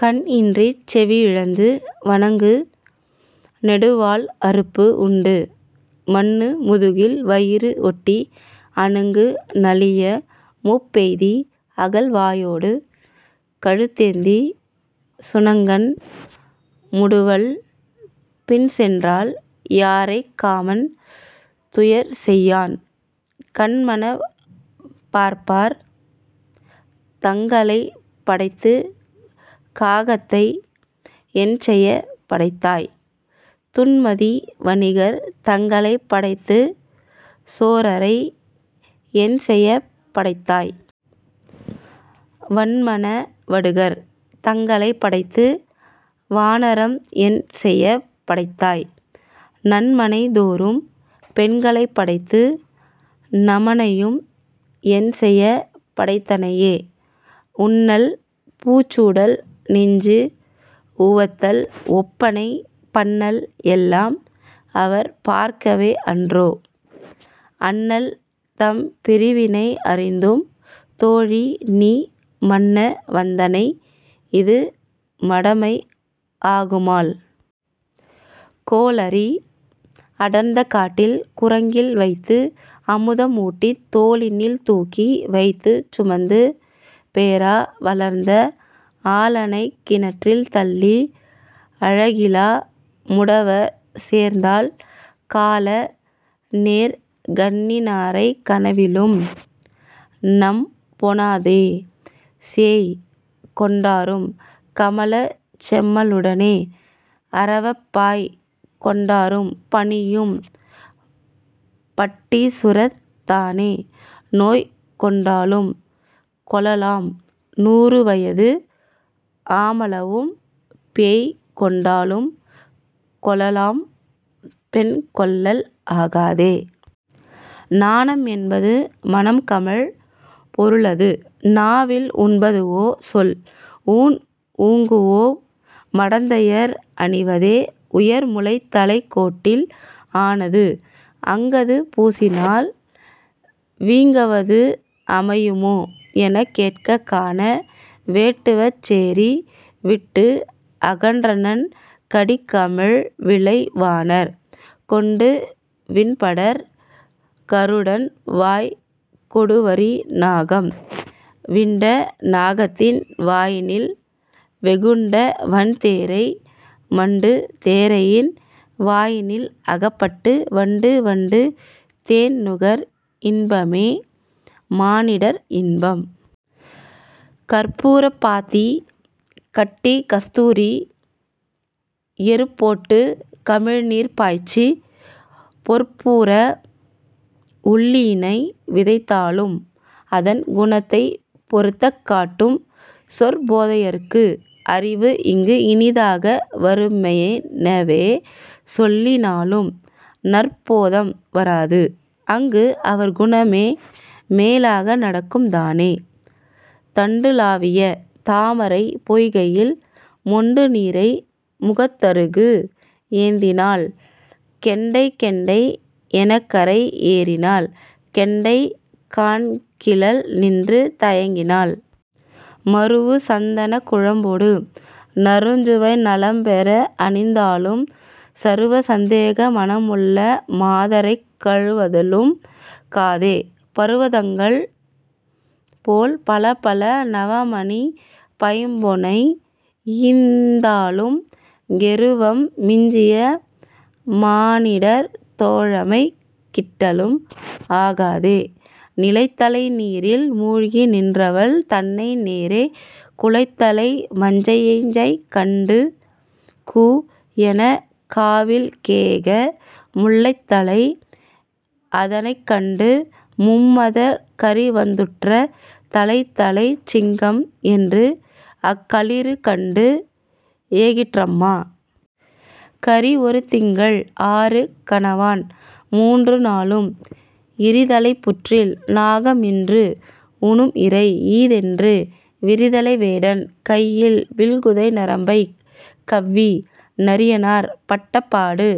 கண்இன்றிச் செவி இழந்து வணங்கு நெடுவால் அறுப்பு உண்டு மன்னு முதுகில் வயிறு ஒட்டி அணங்கு நலிய மூப்பெய்தி அகல் வாயோடு கழுத்தேந்திச் சுணங்கன் முடுவல் பின்சென்றால் யாரைக் காமன் துயர் செய்யான்? கன்மனப் பார்ப்பார் தங்களைப் படைத்துக் காகத்தை என்செயப் படைத்தாய்? துன்மதி வணிகர் தங்களைப் படைத்து சோரரை என்செயப் படைத்தாய்? வன்மன வடுகர் தங்களைப் படைத்து வானரம் என்செயப் படைத்தாய்? நன்மனை தோறும் பெண்களைப் படைத்து நமனையும் என்செயப் படைத்தனையே? உண்ணல் பூச்சூடல் நெஞ்சு உவத்தல் ஒப்பனை பண்ணல் எல்லாம் அவர் பார்க்கவே அன்றோ? அண்ணல் தம் பிரிவினை அறிந்தும் தோழிநீ மண்ண வந்தனை இது மடமை ஆகுமால். கோளரி அடர்ந்த காட்டில் குறங்கில் வைத்து அமுதம் ஊட்டித் தோளினில் தூக்கி வைத்துச் சுமந்து பேறா வளர்ந்த ஆளனைக் கிணற்றில் தள்ளி அழகிலா முடவர் சேர்ந்தாள் காள நேர் கண்ணினாரைக் கனவிலும் நம்பொணாதே. சேய் கொண்டாரும் கமலச் செம்மலுடனே அரவப் பாய் கொண்டாரும் பணியும் பட்டீசுரத் தானே நோய் கொண்டாலும் கொளலாம் நூறுவயது ஆமளவும் பேய் கொண்டாலும் கொளலாம் பெண்கொள்ளல் ஆகாதே. நானம் என்பது மணம் கமழ் பொருளது நாவில் உண்பதுவோ சொல்? ஊன் உங்குவோய் மடந்தையர் அணிவதே உயர்முலைத் தலைக் கோட்டில் ஆனது அங்கது பூசினால் வீங்கவது அமையுமோ எனக் கேட்க கான வேட்டுவச் சேரி விட்டு அகன்றனர் கடி கமழ் விலை வாணர். கொண்டு விண்படர் கருடன் வாய்க் கொடுவரி நாகம் விண்ட நாகத்தின் வாயினில் வெகுண்ட வன்தேரை மண்டு தேரையின் வாயினில் அகப்பட்டு வண்டு வண்டு தேன்நுகர் இன்பமே மானிடர் இன்பம். கற்பூரப் பாத்தி கட்டிக் கஸ்தூரி எருப்போட்டுக் கமழ்நீர் பாய்ச்சிப் பொற்பூர உள்ளியினை விதைத்தாலும் அதன் குணத்தைப் பொருத்தக் காட்டும் சொற் போதையருக்கு அறிவுஇங்கு இனிதாக வருமெனவே சொல்லி னாலும் நற்போதம் வாராது அங்கு அவர் குணமே மேலாக நடக்கும் தானே. தண்டுலாவிய தாமரைப் பொய்கையில் மொண்டு நீரை முகத்தருகு ஏந்தினாள் கெண்டை கெண்டை எனக்கரை ஏறினாள் கெண்டை காண்கிலள் நின்று தயங்கினாள். மருவு சந்தனக் குழம்பொடு நறுஞ்சுவை நலம்பெற அணிந்தாலும் சருவ சந்தேக மனமுள மாதரைத் கழுவதலும் காதே பருவதங்கள் போல் பலபல நவமணிப் பைம்பொனை ஈந்தாலும் கெருவம் மிஞ்சிய மானிடர் தோழமை கிட்டலும் ஆகாதே. நிலைத்தலை நீரில் மூழ்கி நின்றவள் தன்னை நேரே குலைத்தலை மஞ்சைஞை கண்டு கூ எனக் காவில்ஏக முல்லைத்தலை அதனைக் கண்டு மும்மதக் கரிவந்துற்ற தலைத்தலைச் சிங்கம் என்று அக்களிறு கண்டு ஏகிற்றம்மா. கரி ஒரு திங்கள் ஆறு கானவன் மூன்றுநாளும் இரிதலைப் புற்றில் நாகம் இன்று உணும் இரை ஈதென்று விரிதலை வேடன் கையில் வில்குதை நரம்பைக் கவ்வி நரியனார் பட்ட பாடு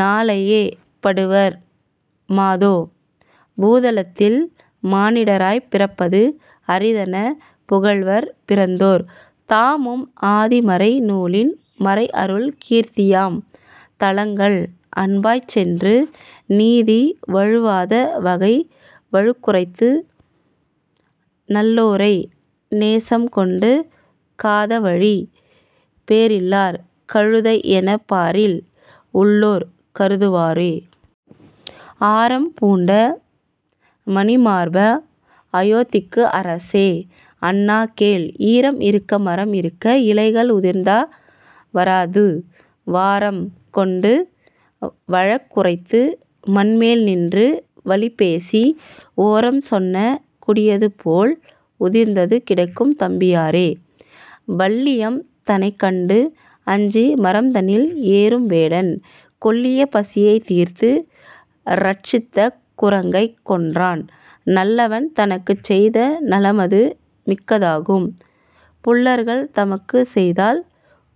நாளையே படுவர் மாதோ. பூதலத்தில் மானிடராய்ப் பிறப்பது அரிதெனப் புகல்வர் பிறந்தோர் தாமும் ஆதிமறை நூலின் மறைஅருள் கீர்த்தியாம் தலங்கள் அன்பாய்ச் சென்று நீதி வழுவாத வகை வழுக்குரைத்து நல்லோரை நேசம் கொண்டு காதவழி பேரில்லார் கழுதை எனப் பாரில் உள்ளோர் கருதுவாரே. ஆரம் பூண்ட மணிமார்பா அயோத்திக்கு அரசே அண்ணா கேள் ஈரம் இருக்க மரம் இருக்க இலைகள் உதிர்ந்த வராது வாரம் கொண்டு வழக் குரைத்து மண்மேல் நின்று வலிபேசி ஓரம் சொன்ன குடியது போல் உதிர்ந்தது கிடக்கும் தம்பியாரே. வல்லியம் தனைக் கண்டு அஞ்சி மரம்தனில் ஏறும் வேடன் கொல்லிய பசியைத் தீர்த்து ரட்சித்த குரங்கைக் கொன்றான் நல்லவன் தனக்குச் செய்த நலமது மிக்கதாகும் புல்லர்கள் தமக்குச் செய்தால்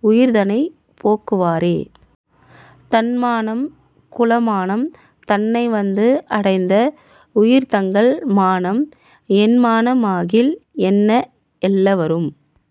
உயிர்தனைப் போக்குவாரே. தன்மானம் குலமானம் தன்னை வந்து அடைந்த உயிர் தங்கள் மானம் என்மான மாகில் என்ன எல்லவரும்